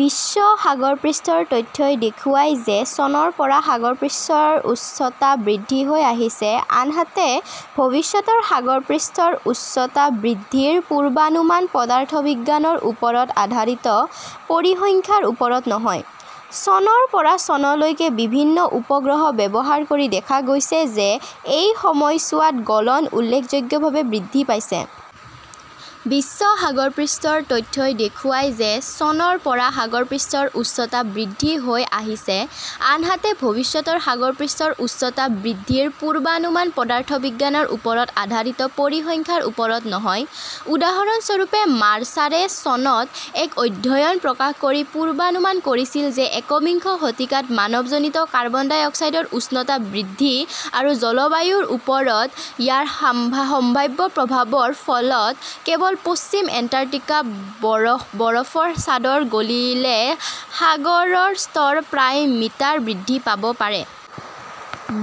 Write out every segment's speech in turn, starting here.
বিশ্ব সাগৰপৃষ্ঠৰ তথ্যই দেখুৱায় যে চনৰ পৰা সাগৰপৃষ্ঠৰ উচ্চতা বৃদ্ধি হৈ আহিছে আনহাতে ভৱিষ্যতৰ সাগৰপৃষ্ঠৰ উচ্চতা বৃদ্ধিৰ পূৰ্বানুমান পদাৰ্থবিজ্ঞানৰ ওপৰত আধাৰিত, পৰিসংখ্যাৰ ওপৰত নহয়। চনৰ পৰা চনলৈকে বিভিন্ন উপগ্ৰহ ব্যৱহাৰ কৰি দেখা গৈছে যে এই সময়ছোৱাত গলন উল্লেখযোগ্যভাৱে বৃদ্ধি পাইছে। বিশ্ব সাগৰপৃষ্ঠৰ তথ্যই দেখুৱায় যে চনৰ পৰা সাগৰপৃষ্ঠৰ উচ্চতা বৃদ্ধি হৈ আহিছে আনহাতে ভৱিষ্যতৰ সাগৰপৃষ্ঠৰ উচ্চতা বৃদ্ধিৰ পূৰ্বানুমান পদাৰ্থবিজ্ঞানৰ ওপৰত আধাৰিত, পৰিসংখ্যাৰ ওপৰত নহয়। উদাহৰণস্বৰূপে, মাৰ্চাৰে চনত এক অধ্যয়ন প্ৰকাশ কৰি পূৰ্বানুমান কৰিছিল যে একবিংশ শতিকাত মানৱজনিত কাৰ্বন ডাই অক্সাইডৰ উষ্ণতা বৃদ্ধি আৰু জলবায়ুৰ ওপৰত ইয়াৰ সম্ভাৱ্য প্ৰভাৱৰ ফলত কেৱল পশ্চিম এণ্টাৰ্কটিকাৰ বৰফৰ চাদৰ গলিলে সাগৰৰ স্তৰ প্ৰায় মিটাৰ বৃদ্ধি পাব পাৰে।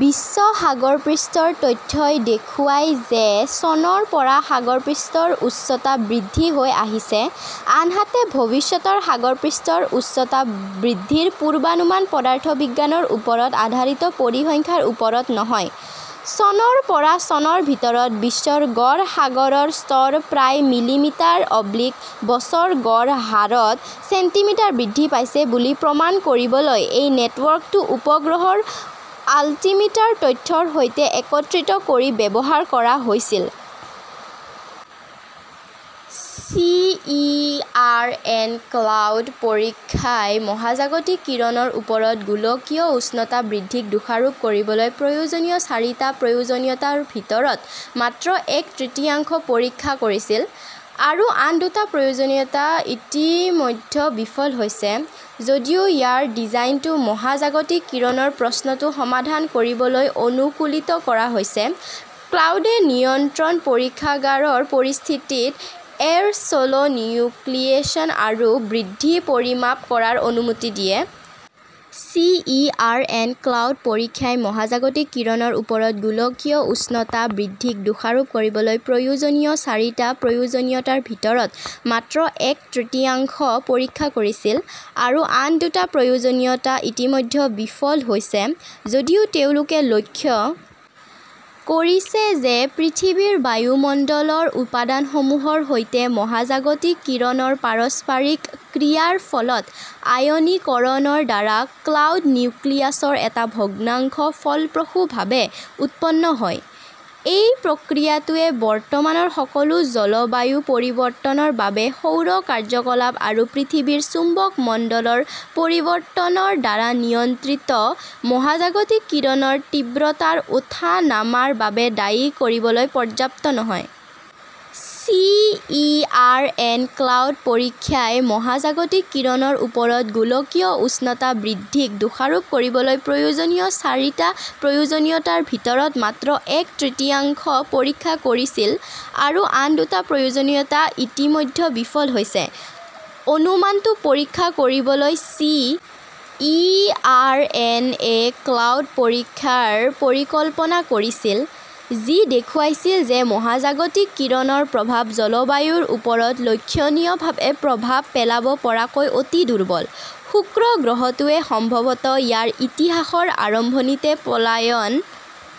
বিশ্ব সাগৰপৃষ্ঠৰ তথ্যই দেখুৱায় যে চনৰ পৰা সাগৰপৃষ্ঠৰ উচ্চতা বৃদ্ধি হৈ আহিছে আনহাতে ভৱিষ্যতৰ সাগৰপৃষ্ঠৰ উচ্চতা বৃদ্ধিৰ পূৰ্বানুমান পদাৰ্থবিজ্ঞানৰ ওপৰত আধাৰিত, পৰিসংখ্যাৰ ওপৰত নহয়। চনৰ পৰা চনৰ ভিতৰত বিশ্বৰ গড় সাগৰৰ স্তৰ প্ৰায় মিলিমিটাৰ/বছৰ গড় হাৰত ছেণ্টিমিটাৰ বৃদ্ধি পাইছে বুলি প্ৰমাণ কৰিবলৈ এই নেটৱৰ্কটো উপগ্ৰহৰ আল্টিমিটাৰ তথ্যৰ সৈতে একত্ৰিত কৰি ব্যৱহাৰ কৰা হৈছিল। C. E. R. N. Cloud পৰীক্ষাই মহাজাগতিক কিৰণৰ ওপৰত গোলকীয় উষ্ণতা বৃদ্ধিক দোষাৰোপ কৰিবলৈ প্ৰয়োজনীয় চাৰিটা প্ৰয়োজনীয়তাৰ ভিতৰত মাত্ৰ এক তৃতীয়াংশ পৰীক্ষা কৰিছিল, আৰু আন দুটা প্ৰয়োজনীয়তা ইতিমধ্যে বিফল হৈছে। যদিও ইয়াৰ ডিজাইনটো মহাজাগতিক কিৰণৰ প্ৰশ্নটো সমাধান কৰিবলৈ অনুকূলিত কৰা হৈছে, ক্লাউডে নিয়ন্ত্ৰিত পৰীক্ষাগাৰৰ পৰিস্থিতিত এৰ "ছ" ল নিউক্লিয়েচন আৰু বৃদ্ধি পৰিমাপ কৰাৰ অনুমতি দিয়ে। C. E. R. N. Cloud পৰীক্ষাই মহাজাগতিক কিৰণৰ ওপৰত গোলকীয় উষ্ণতা বৃদ্ধিক দোষাৰোপ কৰিবলৈ প্ৰয়োজনীয় চাৰিটা প্ৰয়োজনীয়তাৰ ভিতৰত মাত্ৰ এক তৃতীয়াংশ পৰীক্ষা কৰিছিল, আৰু আন দুটা প্ৰয়োজনীয়তা ইতিমধ্যে বিফল হৈছে। যদিও তেওঁলোকে লক্ষ্য কৰিছে যে পৃথিৱীৰ বায়ুমণ্ডলৰ উপাদানসমূহৰ সৈতে মহাজাগতিক কিৰণৰ পাৰস্পৰিক ক্ৰিয়াৰ ফলত আয়নিকৰণৰ দ্বাৰা ক্লাউড নিউক্লিয়াছৰ এটা ভগ্নাংশ ফলপ্ৰসূভাৱে উৎপন্ন হয়, এই প্ৰক্ৰিয়াটোৱে বৰ্তমানৰ সকলো জলবায়ু পৰিৱৰ্তনৰ বাবে সৌৰ কাৰ্য্যকলাপ আৰু পৃথিৱীৰ চুম্বকমণ্ডলৰ পৰিৱৰ্তনৰ দ্বাৰা নিয়ন্ত্ৰিত মহাজাগতিক কিৰণৰ তীব্ৰতাৰ ওঠানামাৰ বাবে দায়ী কৰিবলৈ পৰ্যাপ্ত নহয়। C. E. R. N. Cloud পৰীক্ষাই মহাজাগতিক কিৰণৰ ওপৰত গোলকীয় উষ্ণতা বৃদ্ধিক দোষাৰোপ কৰিবলৈ প্ৰয়োজনীয় চাৰিটা প্ৰয়োজনীয়তাৰ ভিতৰত মাত্ৰ এক তৃতীয়াংশ পৰীক্ষা কৰিছিল, আৰু আন দুটা প্ৰয়োজনীয়তা ইতিমধ্যে বিফল হৈছে। অনুমানটো পৰীক্ষা কৰিবলৈ, চি. ই. আৰ. এন. -এ ক্লাউড পৰীক্ষাৰ পৰিকল্পনা কৰিছিল, যি দেখুৱাইছিল যে মহাজাগতিক কিৰণৰ প্ৰভাৱ জলবায়ুৰ ওপৰত লক্ষণীয়ভাৱে প্ৰভাৱ পেলাব পৰাকৈ অতি দুৰ্বল। শুক্ৰ গ্ৰহটোৱে সম্ভৱতঃ ইয়াৰ ইতিহাসৰ আৰম্ভণিতে পলায়ন